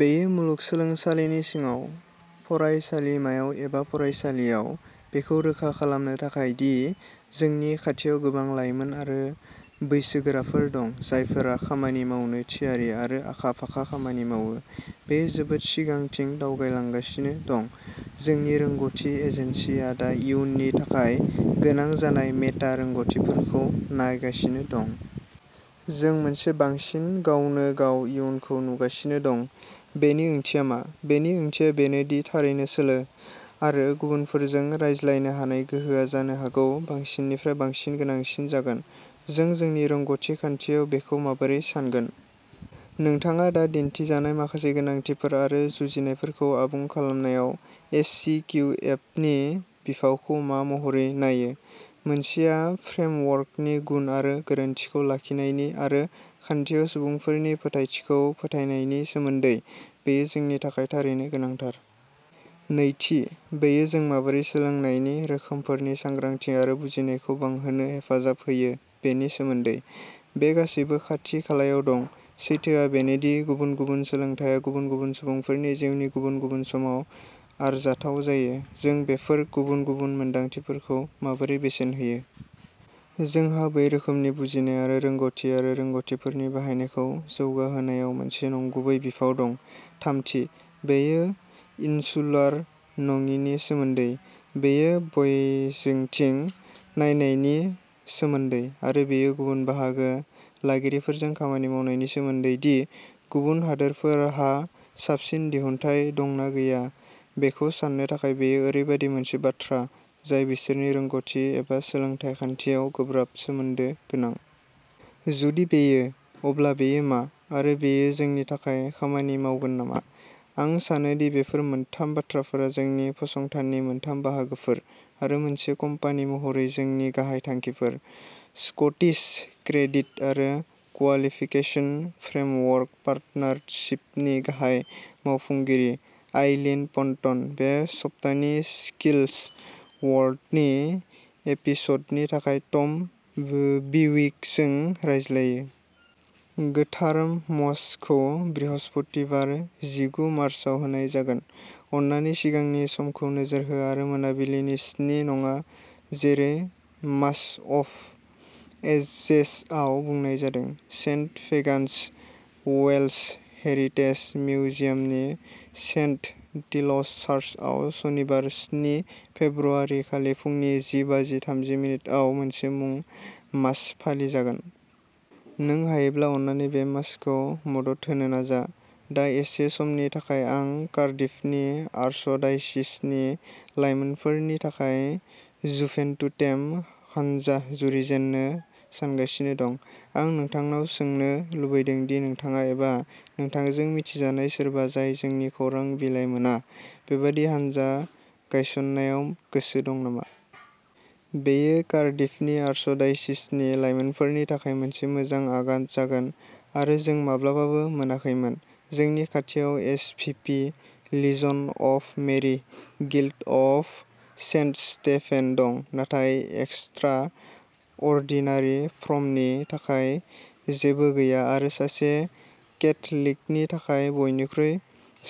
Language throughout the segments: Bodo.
बेयो मुलुगसोलोंसालिनि सिङाव, फरायसालिमायाव एबा फरायसालियाव, बेखौ रोखा खालामनो थाखाय दि जोंनि खाथियाव गोबां लाइमोन आरो बैसोगोराफोर दं, जायफोरा खामानि मावनो थियारि आरो आखा-फाखा खामानि मावो, बेयो जोबोद सिगांथिं दावगालांगासिनो दं। जोंनि रोंग'थि एजेन्सिआ दा इयुननि थाखाय गोनां जानाय मेटा रोंग'थिफोरखौ नायगासिनो दं। जों मोनसे बांसिन गावनो-गाव इयुनखौ नुगासिनो दं, बेनि ओंथिया मा? बेनि ओंथिया बेनो दि थारैनो सोलो, आरो गुबुनफोरजों रायज्लायनो हानाय गोहोआ जानो हागौ बांसिननिफ्राय बांसिन गोनांसिन जागोन, जों जोंनि रोंग'थि खान्थियाव बेखौ माबोरै सानगोन? नोंथाङा दा दिन्थिजानाय माखासे गोनांथिफोर आरो जुजिनायफोरखौ आबुं खालामनायाव एस सि किउ एप नि बिफावखौ मा महरै नायो? मोनसेया फ्रेमवर्कनि गुन आरो गोरोनथिखौ लाखिनायनि, आरो खान्थियाव सुबुंफोरनि फोथायथिखौ फोथायनायनि सोमोन्दै। बेयो जोंनि थाखाय थारैनो गोनांथार। नैथि, बेयो जों माबोरै सोलोंनायनि रोखोमफोरनि सांग्रांथि आरो बुजिनायखौ बांहोनो हेफाजाब होयो बेनि सोमोन्दै। बे गासैबो खाथि-खालायाव दं। सैथोआ बेनो दि गुबुन-गुबुन सोलोंथाया गुबुन-गुबुन सुबुंफोरनि जिउनि गुबुन-गुबुन समाव आरजाथाव जायो। जों बैफोर गुबुन-गुबुन मोनदांथिफोरखौ माबोरै बेसेन होयो? जोंहा बै रोखोमनि बुजिनाय आरो रोंगौथि आरो रोंगौथिफोरनि बाहायनायखौ जौगाहोनायाव मोनसे नंगुबै बिफाव दं। थामथि, बेयो इनसुलार नङिनि सोमोन्दै, बेयो बयजोथिं नायनायनि सोमोन्दै, आरो बेयो गुबुन बाहागो लागिरिफोरजों खामानि मावनायनि सोमोन्दै दि गुबुन हादोरफोरहा साबसिन दिहुनथाइ दंना गैया बेखौ साननो थाखाय बेयो ओरैबायदि मोनसे बाथ्रा जाय बिसोरनि रोंगौथि एबा सोलोंथाय खान्थियाव गोब्राब सोमोन्दो गोनां? जुदि बेयो, अब्ला बेयो मा, आरो बेयो जोंनि थाखाय खामानि मावगोन नामा? आं सानो दि बेफोर मोनथाम बाथ्राफोरा जोंनि फसंथाननि मोनथाम बाहागोफोर, आरो मोनसे कम्पानि महरै जोंनि गाहाय थांखिफोर। स्कटिस क्रेडिट आरो क्वालिफिकेसन फ्रेमवर्क पार्टनारशिपनि गाहाय मावफुंगिरि, आइलीन पन्टन, बे सप्तानि स्किल्स वर्ल्डनि एपिस'डनि थाखाय टम बिविकजों रायज्लायो। गोथार मसखौ बृहस्पतिबार जिगु मार्चाव होनाय जागोन। अन्नानै सिगांनि समखौ नोजोर हो आरो मोनाबिलिनि स्नि नङा जेरै मास अफ एजेसआव बुंनाय जादों। सेन्ट फेगान्स वेल्श हेरिटेज मिउजियामनि सेन्ट टील'स चार्चआव सनिबार स्नि फेब्रुआरि खालि फुंनि जि बाजि थामजि मिनिट आव मोनसे मुं मास फालिजागोन। नों हायोब्ला अन्नानै बे मासखौ मदद होनो नाजा। दा एसे समनि थाखाय आं कार्डिफनि आर्चडायसिसनि लाइमोनफोरनि थाखाय जुभेन्टुटेम हानजा जुरिजेननो सानगासिनो दं। आं नोंथांनाव सोंनो लुबैदों दि नोंथाङा एबा नोंथांजों मिथिजानाय सोरबा जाय जोंनि खौरां बिलाइ मोना, बेबादि हानजा गायसननायाव गोसो दं नामा। बेयो कार्डिफनि आर्चडायसिसनि लाइमोनफोरनि थाखाय मोनसे मोजां आगान जागोन आरो जों माब्लाबाबो मोनाखैमोन। जोंनि खाथियाव SVP, लिजन of Mary, guild of Saint Stephen दं, नाथाय एक्सट्रा अर्डिनारि फ्रमनि थाखाय जेबो गैया आरो सासे केथलिकनि थाखाय बयनिख्रुइ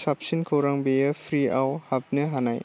साबसिन खौरां बेयो फ्रिआव हाबनो हानाय।